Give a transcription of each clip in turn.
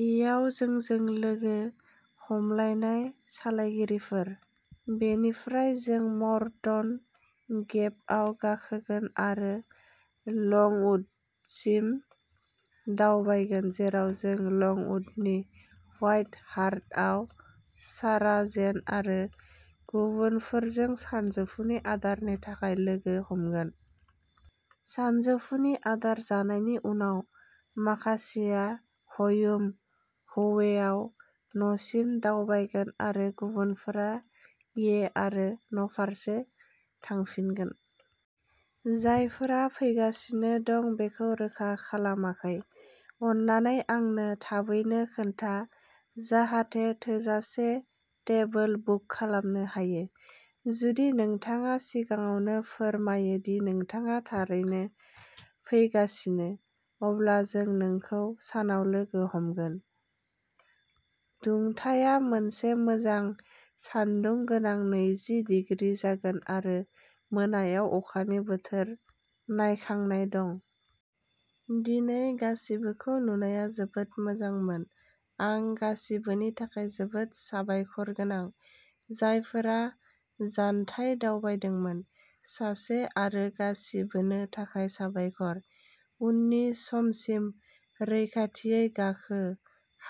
येयाव जोंजों लोगो हमलायनाय सालायगिरिफोर। बेनिफ्राय जों मर्टन गेपआव गाखोगोन आरो लंवुडसिम दावबायगोन जेराव जों लंवुडनि व्हाइट हार्टआव सारा-जेन आरो गुबुनफोरजों सानजौफुनि आदारनि थाखाय लोगो हमगोन। सानजौफुनि आदार जानायनि उनाव माखासेया हयुम ह'वेआव न'सिम दावबायगोन आरो गुबुनफोरा ये आरो न'फारसे थांफिनगोन। जायफोरा फैगासिनो दं बेखौ रोखा खालामाखै, अननानै आंनो थाबैनो खोन्था जाहाथे थोजासे टेबोल बुक खालामनो हायो। जुदि नोंथाङा सिगाङावनो फोरमायो दि नोंथाङा थारैनो फैगासिनो, अब्ला जों नोंखौ सानाव लोगो हमगोन। दुंथाया मोनसे मोजां सान्दुं गोनां नैजि डिग्री जागोन आरो मोनायाव अखानि बोथोर नायखांनाय दं। दिनै गासिबोखौ नुनाया जोबोद मोजांमोन आं गासिबोनि थाखाय जोबोद साबायखरगोनां, जायफोरा जानथाय दावबायदोंमोन। सासे आरो गासिबोनो थाखाय साबायखर। उननि समसिम-रैखाथियै गाखो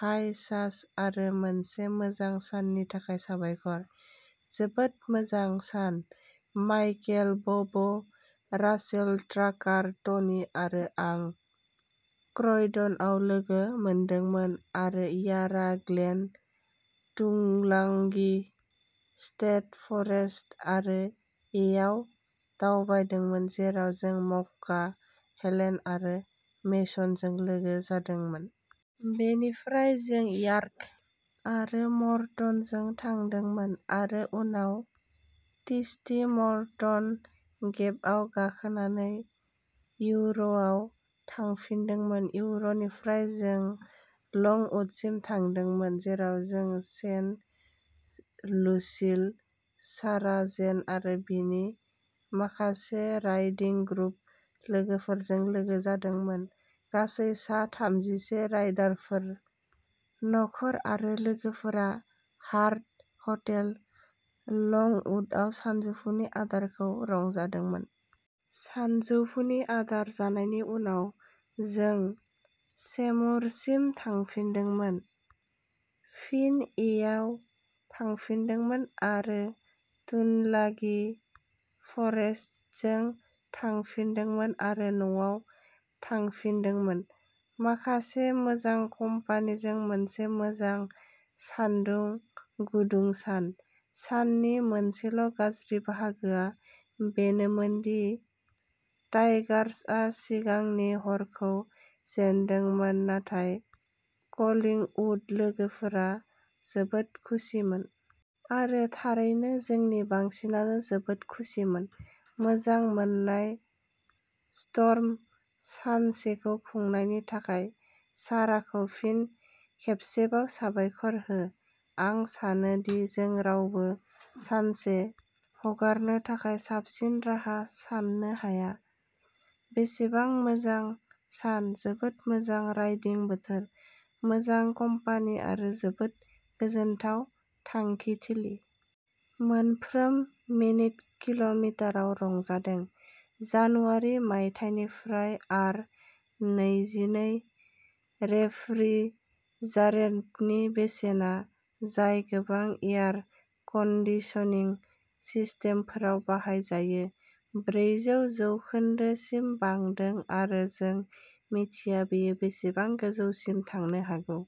हाय सास आरो मोनसे मोजां साननि थाखाय साबायखर। जोबोद मोजां सान। माइकेल, बब, रासेल, ट्राकार, टनि आरो आं क्रयडनआव लोगो मोनदोंमोन आरो यारा ग्लेन, टुलांगि स्टेट फरेस्ट आरो येयाव दावबायदोंमोन जेराव जों मक्का, हेलेन आरो मेसनजों लोगो जादोंमोन। बेनिफ्राय जों यार्क आरो मर्टनजों थांदोंमोन, आरो उनाव टिस्टी मर्टन गेपआव गाखोनानै युर'याव थांफिनदोंमोन। युर'निफ्राय जों लंवुडसिम थांदोंमोन जेराव जों शेन, लुसिल, सारा-जेन आरो बिनि माखासे राइडिं ग्रुप लोगोफोरजों लोगो जादोंमोन। गासै सा थामजिसो राइडारफोर, नखर आरो लोगोफोरा हार्ट हटेल लंवुडआव सानजौफुनि आदारखौ रंजादोंमोन। सानजौफुनि आदार जानायनि उनाव जों सेमुरसिम थांफिनदोंमोन, फिन येयाव थांफिनदोंमोन आरो टुनलागि फरेस्टजों थांफिनदोंमोन आरो न'आव थांफिनदोंमोन। माखासे मोजां कम्पानिजों मोनसे मोजां सानदुं गुदुं सान। साननि मोनसेल' गाज्रि बाहागोआ बेनोमोन दि टाइगर्सआ सिगांनि हरखौ जेनदोंमोन, नाथाय कलिंवुड लोगोफोरा जोबोद खुसिमोन। आरो थारैनो जोंनि बांसिनानो जोबोद खुसिमोन। मोजां मोननाय स्टर्म सानसेखौ खुंनायनि थाखाय साराखौ फिन खेबसेबाव साबायखर हो। आं सानो दि जों रावबो सानसे हगारनो थाखाय साबसिन राहा साननो हाया। बेसेबां मोजां सान, जोबोद मोजां राइडिं बोथोर, मोजां कम्पानि आरो जोबोद गोजोनथाव थांखिथिलि। मोनफ्रोम मिनिट किल'मिटाराव रंजादों। जानुवारि मायथाइनिफ्राय आर नैजिनै रेफ्रिजारेन्टनि बेसेना, जाय गोबां एयार कन्दिसनिं सिस्टेमफोराव बाहायजायो, ब्रैजौ जौखोनदो सिम बांदों आरो जों मिथिया बेयो बेसेबां गोजौसिम थांनो हागौ।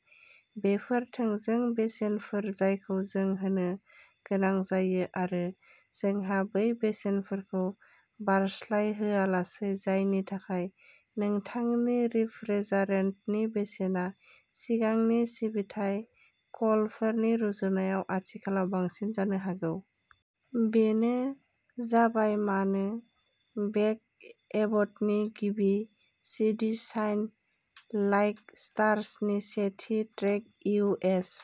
बेफोर थोंजों बेसेनफोर जायखौ जों होनो गोनां जायो आरो जोंहा बै बेसेनफोरखौ बारस्लायहोआलासै, जायनि थाखाय नोंथांनि रेफ्रिजारेन्टनि बेसेना सिगांनि सिबिथाइ कलफोरनि रुजुनायाव आथिखालाव बांसिन जानो हागौ। बेनो जाबाय मानो बेक एबटनि गिबि सिडि शाइन लाइक स्टार्स नि सेथि ट्रेक इउ एस।